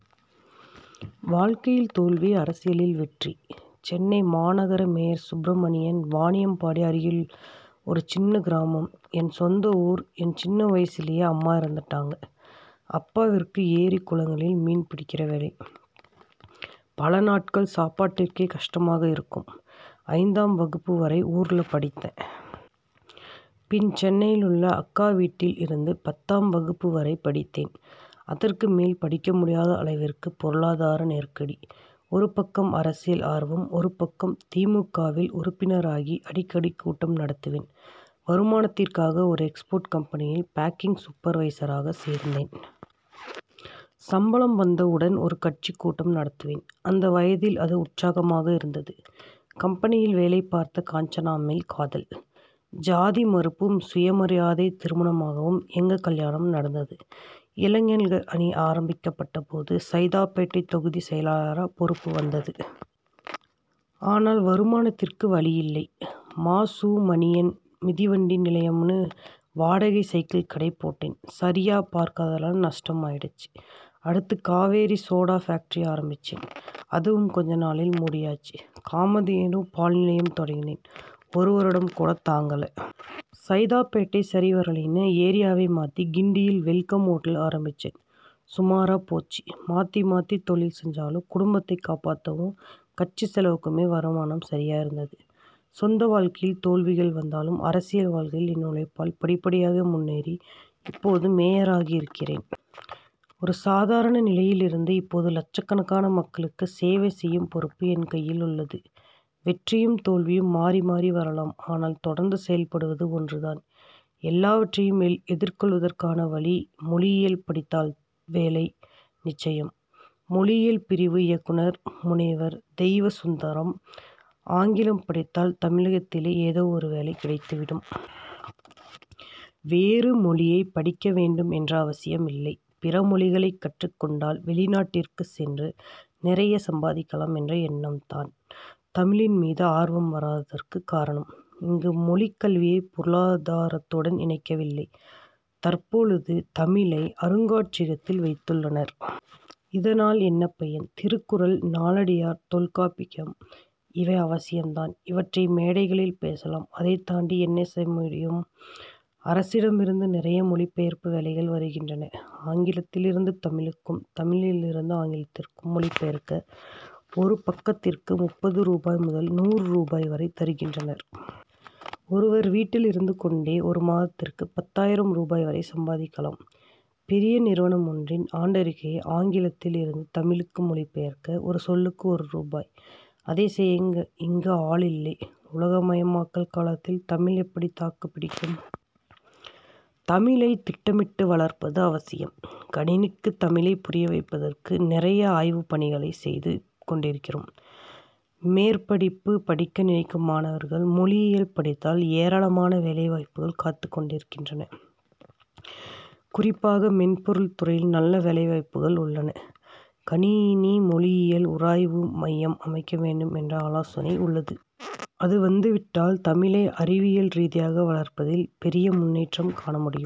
வாழ்க்கையில் தோல்வி அரசியலில் வெற்றி! சென்னை மாநகர மேயர் சுப்ரமணியன் வாணியம்பாடி அருகில் ஒரு சின்னக் கிராமம் என் சொந்த ஊர். என் சின்ன வயசுலேயே அம்மா இறந்துட்டாங்க. அப்பாவிற்கு ஏரி குளங்களில் மீன் பிடிக்கிற வேலை. பல நாட்கள் சாப்பாட்டிற்கே கஷ்டமா இருக்கும். ஐந்தாம் வகுப்பு வரை ஊர்ல படித்தேன். பின் சென்னையில் உள்ள அக்கா வீட்டில் இருந்து பத்தாம் வகுப்பு வரை படித்தேன். அதற்கு மேல் படிக்க முடியாத அளவிற்கு பொருளாதார நெருக்கடி ஒரு பக்கம் அரசியல் ஆர்வம் ஒரு பக்கம். தி. மு. க.வில் உறுப்பினராகி அடிக்கடி கூட்டம் நடத்துவேன். வருமானத்திற்காக ஒரு எக்ஸ்போர்ட் கம்பெனியில் பேக்கிங் சூப்பர்வைசரா சேர்ந்தேன். சம்பளம் வந்த உடன் ஒரு கட்சிக் கூட்டம் நடத்துவேன். அந்த வயதில் அது உற்சாகமா இருந்தது. கம்பெனியில் வேலை பார்த்த காஞ்சனா மேல் காதல். ஜாதி மறுப்பும் சுய மரியாதை திருமணமாகவும் எங்க கல்யாணம் நடந்தது. இளைஞர் அணி ஆரம்பிக்கப்பட்டபோது சைதாப்பேட்டை தொகுதிச் செயலரா பொறுப்பு வந்தது. ஆனா வருமானத்திற்கு வழி இல்லை. மா. சு. மணியன் மிதிவண்டி நிலையம்ன்னு வாடகை சைக்கிள் கடை போட்டேன் சரியா பார்க்காததால நஷ்டம் ஆயிடுச்சு. அடுத்து காவேரி சோடா பேக்டரி ஆரம்பிச்சேன். அதுவும் கொஞ்ச நாளில் மூடியாச்சு. காமதேனு பால் நிலையம் தொடங் கினேன் ஒரு வருடம் கூடத் தாங்கல. சைதாப்பேட்டை சரிவரலைன்னு ஏரியாவை மாத்தி கிண்டியில் வெல்கம் ஓட்டல் ஆரம்பிச்சேன் சுமாராப் போச்சு. மாத்தி மாத்தி தொழில் செஞ்சாலும் குடும்பத்தைக் காப்பாத்தவும் கட்சி செலவுகளுக்குமே வருமானம் சரியா இருந்தது. சொந்த வாழ்க்கையில் தோல்விகள் வந்தாலும் அரசியல் வாழ்க்கையில் என் உழைப்பால் படிப்படியாக முன்னேறி இப்போது மேயராகி இருக்கிறேன். ஒரு சாதாரண நிலையில் இருந்து இப்போது லட்சக்கணக்கான மக்களுக்குச் சேவை செய்யும் பொறுப்பு என் கையில் உள்ளது. வெற்றியும் தோல்வியும் மாறி மாறி வரலாம். ஆனால் தொடர்ந்து செயல்படுவது ஒன்று தான் எல்லாவற்றையும் எதிர்கொள்வதற்கான வழி. மொழியியல் படித்தால் வேலை நிச்சயம்' மொழியியல் பிரிவு இயக்குனர் முனைவர் தெய்வசுந்தரம் ஆங்கிலம் படித்தால் தமிழகத்திலேயே ஏதோ ஒரு வேலை கிடைத்து விடும். வேறு மொழி யை படிக்க வேண்டும் என்ற அவசியம் இல்லை. பிற மொழிகளைக் கற்றுக் கொண்டால் வெளிநாட்டிற்குச் சென்று நிறைய சம்பாதிக்கலாம் என்ற எண்ணம் தான் தமிழின் மீது ஆர்வம் வராததற்கு காரணம். இங்கு மொழிக் கல்வியை பொருளாதாரத்துடன் இணைக்கவில்லை. தற்போது தமிழை அருங்காட்சியகத்தில் வைத்துள்ளனர். இதனால் என்ன பயன்? திருக்குறள் நாலடியார் தொல்காப்பியம் இவை அவசியம் தான். இவற்றை மேடைகளில் பேசலாம் அதைத் தாண்டி என்ன செய்ய முடியும். அரசிடம் இருந்து நிறைய மொழி பெயர்ப்பு வேலைகள் வருகின்றன. ஆங்கிலத்தில் இருந்து தமிழுக்கும் தமிழில் இருந்து ஆங்கிலத்திற்கும் மொழிபெயர்க்க ஒரு பக்கத்திற்கு முப்பது ரூபாய் முதல் நூறு ரூபாய் வரை தருகின்றனர். ஒருவர் வீட்டில் இருந்து கொண்டே ஒரு மாதத்திற்கு பத்தாயிரம் ரூபாய் வரை சம்பாதிக்கலாம். பெரிய நிறுவனம் ஒன்றின் ஆண்டறிக்கையை ஆங்கிலத்தில் இருந்து தமிழுக்கு மொழி பெயர்க்க ஒரு சொல்லுக்கு ஒரு ரூபாய். அதை செய்ய இங்கு ஆள் இல்லை. உலகமயமாக்கல் காலத்தில் தமிழ் எப்படி தாக்குப் பிடிக்கும்? தமிழை திட்டமிட்டு வளர்ப்பது அவசியம். கணினிக்கு தமிழைப் புரிய வைப்பதற்கு நிறைய ஆய்வுப் பணிகளைச் செய்து கொண்டிருக்கிறோம். மேற்படிப்பு படிக்க நினைக்கும் மாணவர்கள் மொழியியல் படித்தால் ஏராளமான வேலைவாய்ப்புகள் காத்துக் கொண்டிருக்கின்றன. குறிப்பாக மென்பொருள் துறையில் நல்ல வேலைவாய்ப்புகள் உள்ளன. கணினி மொழியியல் உயராய்வு மையம் அமைக்க வேண்டும் என்ற ஆலோசனை உள் ளது. அது வந்துவிட்டால் தமிழை அறிவியல் ரீதியாக வளர்ப்பதில் பெரிய முன்னேற்றம் காண முடியும்.